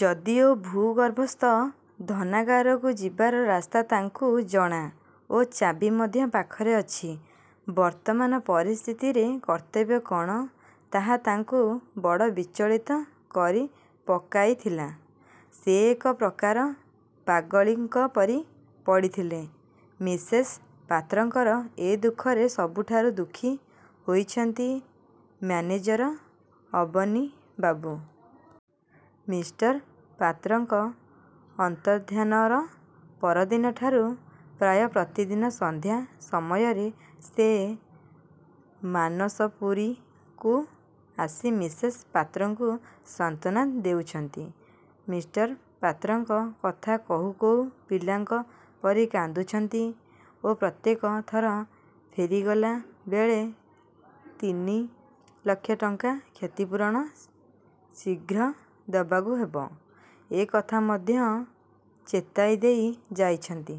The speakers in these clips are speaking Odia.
ଯଦିଓ ଭୂ-ଗର୍ଭସ୍ଥ ଧନାଗାରକୁ ଯିବାର ରାସ୍ତା ତାଙ୍କୁ ଜଣା ଓ ଚାବି ମଧ୍ୟ ପାଖରେ ଅଛି। ବର୍ତ୍ତମାନ ପରିସ୍ଥିତିରେ କର୍ତ୍ତବ୍ୟ କ'ଣ, ତାହା ତାଙ୍କୁ ବଡ଼ ବିଚଳିତ କରି ପକାଇଥିଲା। ସେ ଏକ ପ୍ରକାର ପାଗଳୀଙ୍କ ପରି ପଡ଼ିଥିଲେ। ମିସେସ୍ ପାତ୍ରଙ୍କର ଏ ଦୁଃଖରେ ସବୁଠାରୁ ଦୁଃଖୀ ହୋଇଛନ୍ତି ମ୍ୟାନେଜର ଅବନୀବାବୁ-। ମିଷ୍ଟର ପାତ୍ରଙ୍କ ଅନ୍ତର୍ଦ୍ଧାନର ପରଦିନ ଠାରୁ ପ୍ରାୟ ପ୍ରତିଦିନ ସନ୍ଧ୍ୟା ସମୟରେ ସେ ମାନସପୁରୀକୁ ଆସି ମିସେସ୍ ପାତ୍ରକୁ ସାନ୍ତ୍ୱନା ଦେଉଛନ୍ତି। ମିଷ୍ଟର ପାତ୍ରଙ୍କ କଥା କହୁ କହୁ ପିଲାଙ୍କ ପରି କାନ୍ଦୁଛନ୍ତି ଓ ପ୍ରତ୍ୟେକ ଥର ଫେରିଗଲା ବେଳେ ତିନିଲକ୍ଷ ଟଙ୍କା କ୍ଷତିପୂରଣ ଶୀଘ୍ର ଦେବାକୁ ହେବ, ଏ କଥା ମଧ୍ୟ ଚେତାଇ ଦେଇ ଯାଉଛନ୍ତି।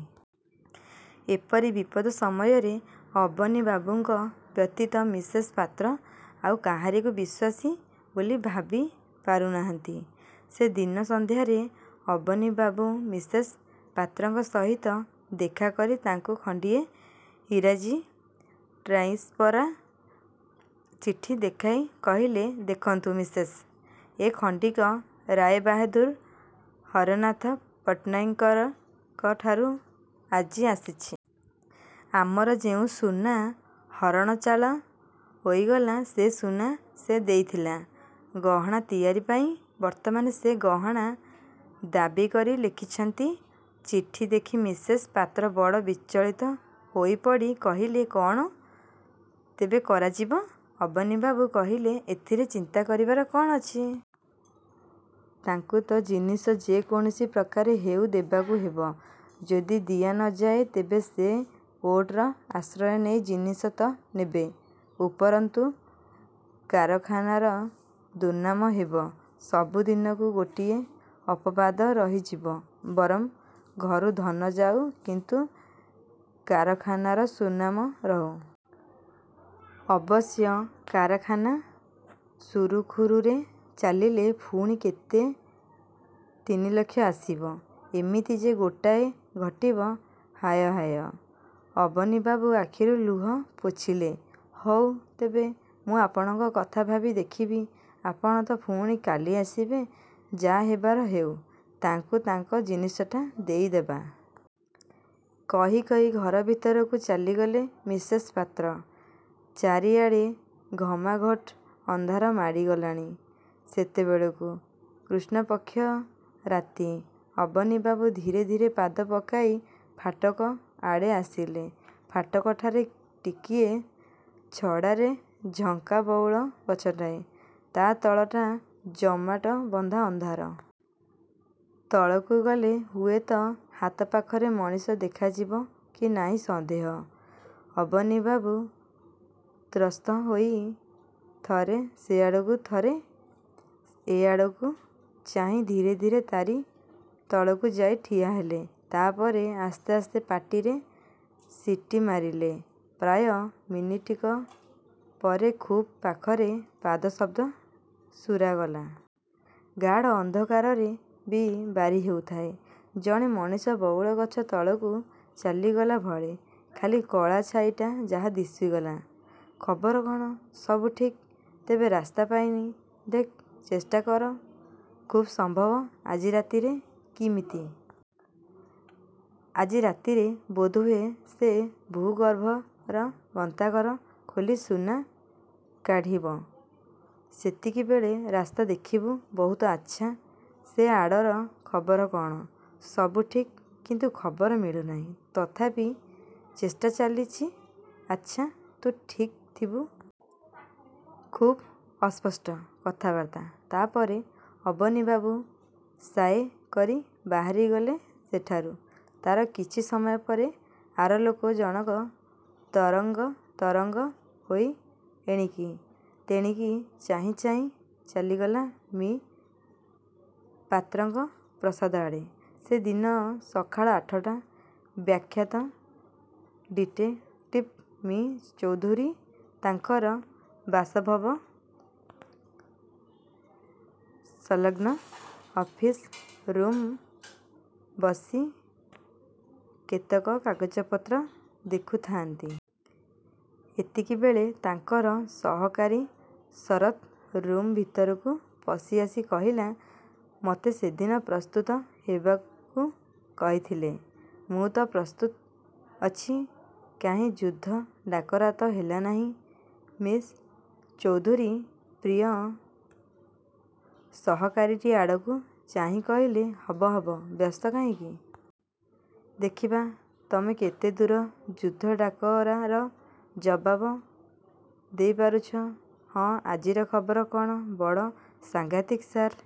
ଏପରି ବିପଦ ସମୟରେ ଅବନୀବାବୁଙ୍କ ବ୍ୟତୀତ ମିସେସ୍ ପାତ୍ର ଆଉ କାହାରିକୁ ବିଶ୍ୱାସୀ ବୋଲି ଭାବି ପାରୁନାହାନ୍ତି। ସେ ଦିନ ସନ୍ଧ୍ୟାରେ ଅବନୀବାବୁ ମିସେସ୍ ପାତ୍ରଙ୍କ ସହିତ ଦେଖାକରି ତାଙ୍କୁ ଖଣ୍ଡିଏ ଇଂରାଜୀ ଟାଇପ୍କରା ଚିଠି ଦେଖାଇ କହିଲେ-''ଦେଖନ୍ତୁ ମିସେସ୍! ଏ ଖଣ୍ଡିକ ରାୟବାହାଦୂର ହରନାଥ ପଟ୍ଟନାୟକଙ୍କଠାରୁ ଆଜି ଆସିଛି। ଆମର ଯେଉଁ ସୁନା ହରଣଚାଳ ହୋଇଗଲା ସେ ସୁନା ସେ ଦେଇଥିଲେ ଗହଣା ତିଆରି ପାଇଁ। ବର୍ତ୍ତମାନ ସେ ଗହଣା ଦାବୀ କରି ଲେଖିଛନ୍ତି। '' ଚିଠି ଦେଖି ମିସେସ୍ ପାତ୍ର ବଡ଼ ବିଚଳିତ ହୋଇପଡ଼ି କହିଲେ-''କ'ଣ ତେବେ କରାଯିବ-? '' ଅବନୀବାବୁ କହିଲେ-''ଏଥିରେ ଚିନ୍ତା କରିବାର କ'ଣ ଅଛି? ତାଙ୍କୁ ତ ଜିନିଷ ଯେ କୌଣସି ପ୍ରକାରେ ହେଉ ଦେବାକୁ ହେବ। ଯଦି ଦିଆ ନ ଯାଏ, ତେବେ ସେ କୋର୍ଟର ଆଶ୍ରୟ ନେଇ ଜିନିଷ ତ ନେବେ; ଉପରନ୍ତୁ କାରଖାନାର ଦୁର୍ନାମ ହେବ, ସବୁ ଦିନକୁ ଗୋଟିଏ ଅପବାଦ ରହିଯିବ। ବରଂ ଘରୁ ଧନ ଯାଉ, କିନ୍ତୁ କାରଖାନାର ସୁନାମ ରହୁ। ଅବଶ୍ୟ କାରଖାନା ସୁରୁଖୁରୁରେ ଚାଲିଲେ ପୁଣି କେତେ ତିନିଲକ୍ଷ ଆସିବ। ଏମିତି ଯେ ଗୋଟାଏ ଘଟିବ; ହାୟ ହାୟ '' ଅବନୀବାବୁ ଆଖିରୁ ଲୁହ ପୋଛିଲେ। ''ହଉ ତେବେ, ମୁଁ ଆପଣଙ୍କ କଥା ଭାବି ଦେଖିବି। ଆପଣ ତ ପୁଣି କାଲି ଆସିବେ। ଯାହା ହେବାର ହେଉ, ତାଙ୍କୁ ତାଙ୍କ ଜିନିଷଟା ଦେଇ ଦେବା। '' କହି କହି ଘର ଭିତରକୁ ଚାଲିଗଲେ ମିସେସ୍ ପାତ୍ର। ଚାରିଆଡ଼େ ଘମାଘୋଟ ଅନ୍ଧାର ମାଡ଼ିଗଲାଣି ସେତେବେଳକୁ। କୃଷ୍ଣପକ୍ଷ ରାତି। ଅବନୀବାବୁ ଧୀରେ ଧୀରେ ପାଦ ପକାଇ ଫାଟକ ଆଡ଼େ ଆସିଲେ। ଫାଟକଠାରୁ ଟିକିଏ ଛଡ଼ାରେ ଝଙ୍କା ବଉଳ ଗଛଟାଏ। ତା' ତଳଟା ଜମାଟବନ୍ଧା ଅନ୍ଧାର। ତଳକୁ ଗଲେ ହୁଏତ ହାତପାଖର ମଣିଷ ଦେଖାଯିବ କି ନାହିଁ ସନ୍ଦେହ। ଅବନୀବାବୁ ତ୍ରସ୍ତହୋଇ ଥରେ ସେଆଡ଼କୁ ଥରେ ଏଆଡ଼କୁ ଚାହିଁ ଧୀରେ ଧୀରେ ତା'ରି ତଳକୁ ଯାଇ ଠିଆହେଲେ। ତା'ପରେ ଆସ୍ତେ ଆସ୍ତେ ପାଟିରେ ସିଟି ମାରିଲେ। ପ୍ରାୟ ମିନିଟିକ ପରେ ଖୁବ୍ ପାଖରେ ପାଦଶବ୍ଦ ଶୁରାଗଲା। ଗାଢ଼ ଅନ୍ଧକାରରେ ବି ବାରି ହେଉଥାଏ-ଜଣେ ମଣିଷ ବଉଳଗଛ ତଳକୁ ଚାଲିଗଲା ଭଳି; ଖାଲି କଳା ଛାଇଟା ଯାହା ଦିଶିଗଲା। ''ଖବର କ'ଣ? '' ''ସବୁ ଠିକ୍। ତେବେ ରାସ୍ତା ପାଇନି। '' ''ଦେଖ୍, ଚେଷ୍ଟା କର। ଖୁବ୍ ସମ୍ଭବ ଆଜି ରାତିରେ '' ''କିମିତି? '' ''ଆଜି ରାତିରେ ବୋଧହୁଏ ସେ ଭୂ-ଗର୍ଭର ଗନ୍ତାଘର ଖୋଲି ସୁନା କାଢ଼ିବ। ସେତିକିବେଳେ ରାସ୍ତା ଦେଖିବୁ '' ''ବହୁତ ଆଚ୍ଛା! ସେ ଆଡ଼ର ଖବର କ'ଣ? '' ''ସବୁ ଠିକ୍, କିନ୍ତୁ ଖବର ମିଳୁନାହିଁ; ତଥାପି ଚେଷ୍ଟା ଚାଲିଛି। ଆଚ୍ଛା; ତୁ ଠିକ୍ ଥିବୁ। '' ଖୁବ୍ ଅସ୍ପଷ୍ଟ କଥାବାର୍ତ୍ତା। ତା'ପରେ ଅବନୀବାବୁ ସାଏଁ କରି ବାହାରିଗଲେ ସେଠାରୁ। ତା'ର କିଛି ସମୟ ପରେ ଆରଲୋକ ଜଣକ ତରଙ୍ଗ ତରଙ୍ଗ ହୋଇ ଏଣିକି। ତେଣିକି ଚାହିଁ ଚାହିଁ ଚାଲିଗଲା ମି: ପାତ୍ରଙ୍କ ପ୍ରାସାଦଆଡ଼େ। ସେ ଦିନ ସକାଳ ଆଠଟା। ବିଖ୍ୟାତ ଡିଟେକ୍ଟିଭ୍ ମି: ଚୌଧୁରୀ ତାଙ୍କର ବାସଭବନ ସଂଲଗ୍ନ ଅଫିସ ରୁମ୍ରେ ବସି କେତେକ କାଗଜପତ୍ର ଦେଖୁଥାଆନ୍ତି। ଏତିକିବେଳେ ତାଙ୍କର ସହକାରୀ ଶରତ୍ ରୁମ୍ ଭିତରକୁ ପଶିଆସି କହିଲା-''ମୋତେ ସେଦିନ ପ୍ରସ୍ତୁତ ହେବାକୁ କହିଥିଲେ। ମୁଁ ତ ପ୍ରସ୍ତୁତ ଅଛି; କାହିଁ ଯୁଦ୍ଧ ଡାକରା ତ ହେଲା ନାହିଁ? '' ମି: ଚୌଧୁରୀ ପ୍ରିୟ ସହକାରୀଟି ଆଡ଼କୁ ଚାହିଁ କହିଲେ-''ହବ ହବ, ବ୍ୟସ୍ତ କାହିଁକି-? ଦେଖିବା ତୁମେ କେତେ ଦୂର ଯୁଦ୍ଧ ଡାକରାର ଜବାବ ଦେଇ ପାରୁଛ? ହଁ, ଆଜିର ଖବର କ'ଣ-? '' ''ବଡ଼ ସାଂଘାତିକ ସାର୍!